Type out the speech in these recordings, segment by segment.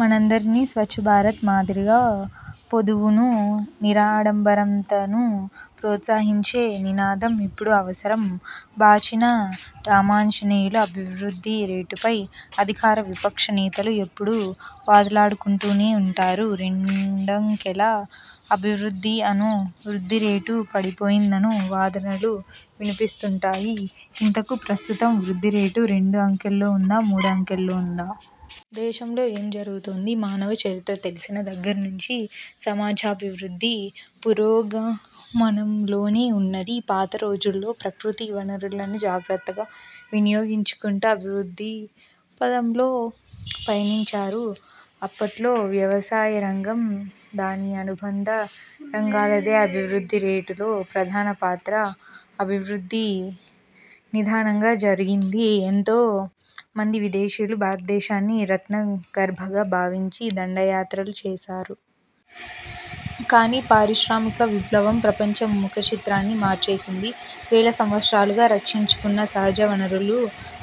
మనందరిదీనూ. 'స్వచ్ఛ భారత్' మాదిరిగా, పొదుపునూ, నిరాడంబరతనూ ప్రోత్సహించే నినాదం ఇప్పుడు అవసరం. బాచిన రామాంజనేయులు అభివృద్ధి రేటుపై అధికార, విపక్ష నేతలు ఎప్పుడూ వాదులాడుకుంటూనే ఉంటారు. రెండంకెల అభివృద్ధి అనో, వృద్ధి రేటు పడిపోయిందనో వాదనలు వినిపిస్తూంటాయి. ఇంతకూ ప్రస్తుతం వృద్ధిరేటు రెండు అంకెల్లో ఉందా, మూడు అంకెల్లో ఉందా? దేశంలో ఏం జరుగుతోంది? మానవ చరిత్ర తెలిసిన దగ్గర నుంచి సమాజాభివృద్ధి పురోగమనంలోనే ఉన్నది. పాత రోజుల్లో ప్రకృతి వనరులను జాగ్రత్తగా వినియోగించుకుంటూ అభివృద్ధి పథంలో పయనించారు. అప్పట్లో వ్యవసాయరంగం, దాని అనుబంధ రంగాలదే అభివృద్ధి రేటులో ప్రధాన పాత్ర. అభివృద్ధి నిదానంగా జరిగింది. ఎంతో మంది విదేశీయులు భారతదేశాన్ని రత్నగర్భగా భావించి దండయాత్రలు చేశారు. కానీ పారిశ్రామిక విప్లవం ప్రపంచ ముఖచిత్రాన్ని మార్చేసింది. వేల సంవత్సరాలుగా రక్షించుకున్న సహజ వనరుల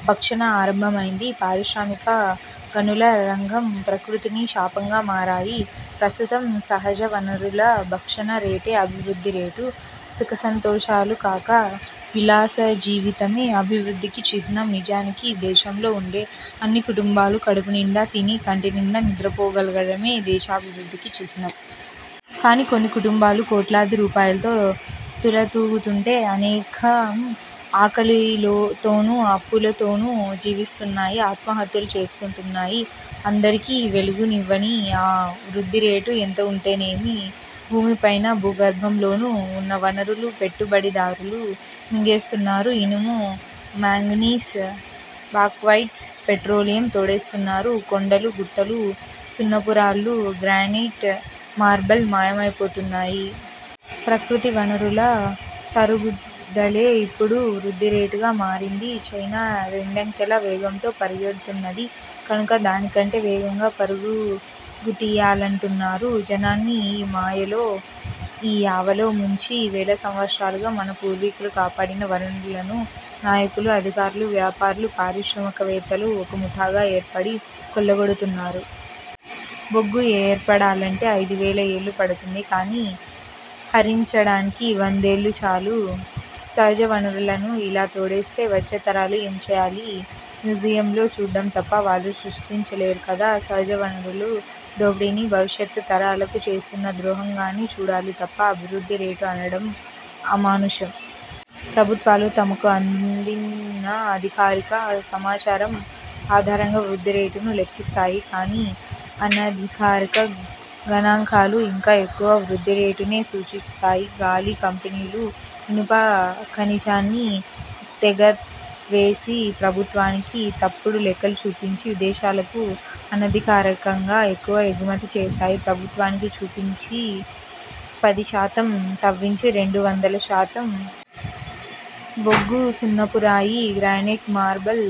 భక్షణ ఆరంభమైంది. పారిశ్రామిక, గనుల రంగం ప్రకృతికి శాపంగా మారాయి. ప్రస్తుతం సహజ వనరుల భక్షణ రేటే అభివృద్ధి రేటు. సుఖసంతోషాలు కాక, విలాసజీవితమే అభివృద్ధికి చిహ్నం. నిజానికి, దేశంలో ఉండే అన్ని కుటుంబాలు కడుపునిండా తిని, కంటినిండా నిద్రపోగలగడమే దేశాభివృద్ధికి చిహ్నం. కానీ, కొన్ని కుటుంబాలు కోట్లాది రూపాయలతో తుల తూగుతుంటే, అనేకం ఆకలితోనూ, అప్పుల తోనూ జీవిస్తున్నాయి. ఆత్మహత్యలు చేసుకుంటున్నాయి. అందరికీ వెలుగునివ్వని ఆ వృద్ధి రేటు ఎంత ఉంటేనేమి? భూమిపైన, భూగర్భంలోనూ ఉన్న వనరులు పెట్టుబడిదారులు మింగేస్తున్నారు. ఇనుము, మాంగనీస్, బాక్సైట్, పెట్రోలియం తోడేస్తున్నారు. కొండలు, గుట్టలు, సున్నపురాళ్ళు, గ్రానైట్, మార్బల్ మాయమైపోతున్నాయి. ప్రకృతివనరుల తరుగుదలే ఇప్పుడు వృద్ధిరేటుగా మారింది. చైనా రెండంకెల వేగంతో పరిగెడుతున్నది కనుక దానికంటే వేగంగా పరు గుతీయాలంటున్నారు. జనాన్ని ఈ మాయలో, ఈ యావలో ముంచి, వేల సంవత్సరాలుగా మన పూర్వీకులు కాపాడిన వనరులను నాయకులు, అధికారులు, వ్యాపారులు, పారిశ్రామికవేత్తలు ఒక ముఠాగా ఏర్పడి కొల్లగొడుతున్నారు. బొగ్గు ఏర్పడాలంటే ఐదు వేల ఏళ్ళు పడుతుంది. కానీ, హరించడానికి వందేళ్ళు చాలు. సహజ వనరులను ఇలా తోడేస్తే వచ్చే తరాలు ఏం చేయాలి? మ్యూజియంలో చూడటం తప్ప వాళ్ళు సృష్టించలేరు కదా? సహజ వనరుల దోపిడీని భవిష్యత్తు తరాలకు చేస్తున్న ద్రోహంగానే చూడాలి తప్ప, అభివృద్ధి రేటు అనడం అమానుషం. ప్రభుత్వాలు తమకు అందిన అధికారిక సమాచారం ఆధారంగా వృద్ధి రేటును లెక్కిస్తాయి. కానీ, అనధికారిక గణాంకాలు ఇంకా ఎక్కువ వృద్ధి రేటునే సూచిస్తాయి. 'గాలి' కంపెనీలు ఇనుప ఖనిజాన్ని తెగతవ్వేసి, ప్రభుత్వానికి తప్పుడు లెక్కలు చూపించి, విదేశాలకు అనధికారికంగా ఎక్కువ ఎగుమతి చేశాయి. ప్రభుత్వానికి చూపించి పదిశాతం, తవ్వింది రెండు వందలశాతం. బొగ్గు, సున్నపురాయి, గ్రానైట్, మార్బల్,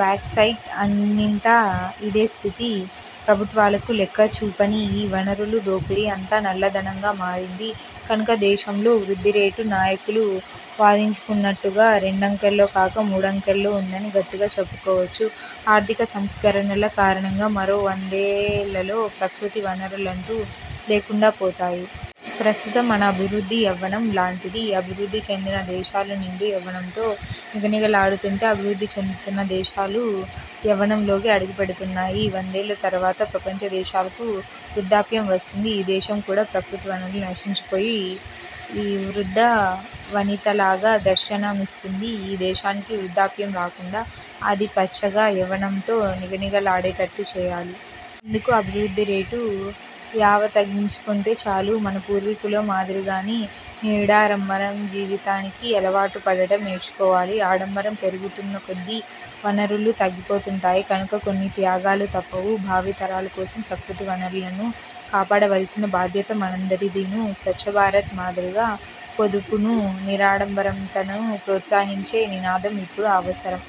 బాక్సైట్ అన్నింటా ఇదే స్థితి. ప్రభుత్వాలకు లెక్క చూపని ఈ వనరుల దోపిడీ అంతా నల్ల ధనంగా మారింది. కనుక, దేశంలో వృ ద్ధిరేటు నాయకులు వాదించుకుంటున్నట్టుగా రెండంకెల్లో కాక, మూడంకెల్లో ఉందని గట్టిగా చెప్పుకోవచ్చు. ఆర్థిక సంస్కరణల కారణంగా మరో వందేళ్ళలో ప్రకృతి వనరులంటూ లేకుండాపోతాయి. ప్రస్తుతం మన అభివృద్ధి యవ్వనం లాంటిది. అభివృద్ధి చెందిన దేశాలు నిండు యవ్వనంతో నిగనిగలాడుతుంటే, అభివృద్ధి చెందుతున్న దేశాలు యవ్వనంలోకి అడుగుపెడుతున్నాయి. వందేళ్ళ తరువాత ప్రపంచ దేశాలకు వృద్ధాప్యం వస్తుంది. ఈ దేశం కూడా ప్రకృతి వనరులు నశించిపోయి వృద్ధ వనితలాగా దర్శనమిస్తుంది. ఈ దేశానికి వృద్ధాప్యం రాకుండా అది పచ్చగా, యవ్వనంతో నిగనిగలాడేట్టు చేయాలి. అందుకు, అభివృద్ధిరేటు యావ తగ్గించుకుంటే చాలు. మన పూర్వీకుల మాదిరిగానే నిరాడంబర జీవితానికి అలవాటుపడటం నేర్చుకోవాలి. ఆడంబరం పెరుగుతున్నకొద్దీ వనరులు తగ్గిపోతుంటాయి కనుక, కొన్ని త్యాగాలు తప్పవు. భావి తరాలకోసం ప్రకృతి వనరులను కాపాడవలసిన బాధ్యత మనందరిదీనూ. 'స్వచ్ఛభారత్' మాదిరిగా, పొదుపునూ, నిరాడంబరతనూ ప్రోత్సహించే నినాదం ఇప్పుడు అవసరం.